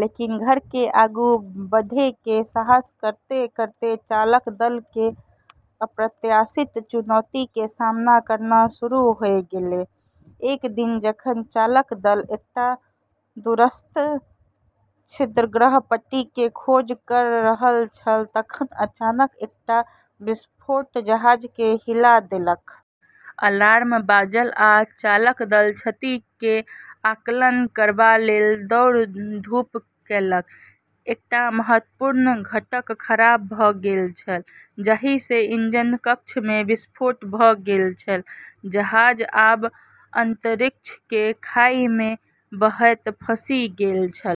लेकिन घर से आगू बढ़ै के साहस करतें करतें चालक दल के अप्रत्याशित चुनौती के सामना करना शुरू होय गेलै। एक दिन जखन चालक दल एकटा दूरस्थ क्षुद्रग्रह पट्टी के खोज कर रहल छल तखन अचानक एकटा विस्फोट जहाज के हिला देलक। अलार्म बाजल, आ चालक दल क्षति के आकलन करबा लेल दौड़ धूप केलक। एकटा महत्वपूर्ण घटक खराब भ गेल छल, जाहि से इंजन कक्ष में विस्फोट भ गेल छल। जहाज आब अंतरिक्ष के खाई में बहैत फँसि गेल छल।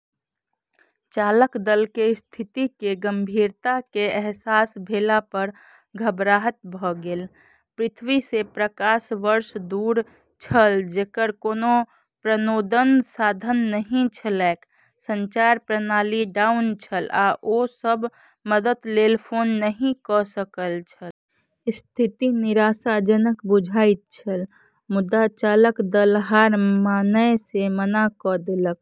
चालक दल के स्थिति के गंभीरता के अहसास भेला पर घबराहट भ गेल। पृथ्वी से प्रकाश वर्ष दूर छल, जकर कोनो प्रणोदन साधन नहि छलैक। संचार प्रणाली डाउन छल, आ ओ सब मदद लेल फोन नहि क सकल छल। स्थिति निराशाजनक बुझाइत छल। मुदा चालक दल हार मानय से मना क देलक।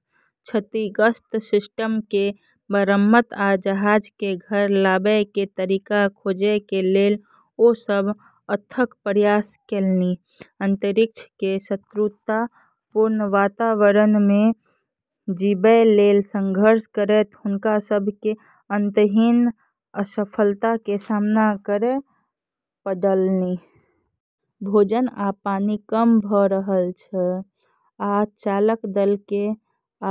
क्षतिग्रस्त सिस्टम के मरम्मत आ जहाज के घर लाबय के तरीका खोजय के लेल ओ सब अथक प्रयास केलनि। अंतरिक्ष के शत्रुतापूर्ण वातावरण में जीबय लेल संघर्ष करैत हुनका सब के अंतहीन असफलता के सामना करय पड़लनि। भोजन आ पानि कम भ रहल छल, आ चालक दल के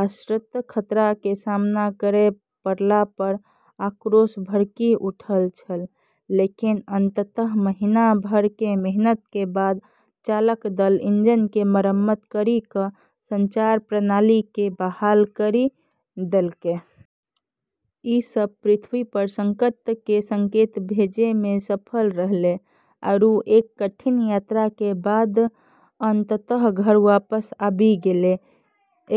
आसन्न खतरा के सामना करय पड़ला पर आक्रोश भड़कि उठल छल। लेकिन अंततः महीना भर के मेहनत के बाद चालक दल इंजन के मरम्मत करी क संचार प्रणाली के बहाल करी देलकै। ई सब पृथ्वी पर संकट के संकेत भेजै में सफल रहलै आरू एक कठिन यात्रा के बाद अंततः घर वापस आबी गेलै।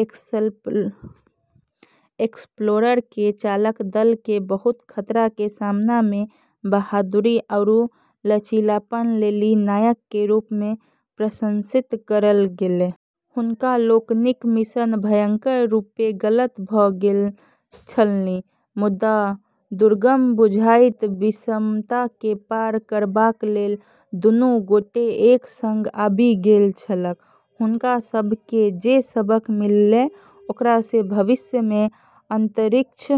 एक्सप्लोरर के चालक दल के बहुत खतरा के सामना में बहादुरी आरू लचीलापन लेली नायक के रूप में प्रशंसित करल गेलै। हुनका लोकनिक मिशन भयंकर रूपे गलत भ गेल छलनि, मुदा दुर्गम बुझाइत विषमता के पार करबाक लेल दुनू गोटे एक संग आबि गेल छलाह। हुनका सब के जे सबक मिललै, ओकरा से भविष्य में अंतरिक्ष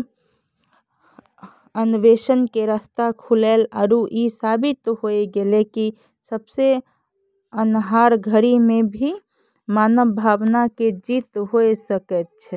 अन्वेषण के रास्ता खुललै आरू ई साबित होय गेलै कि सबसे अन्हार घड़ी में भी मानव भावना के जीत होय सकै छै।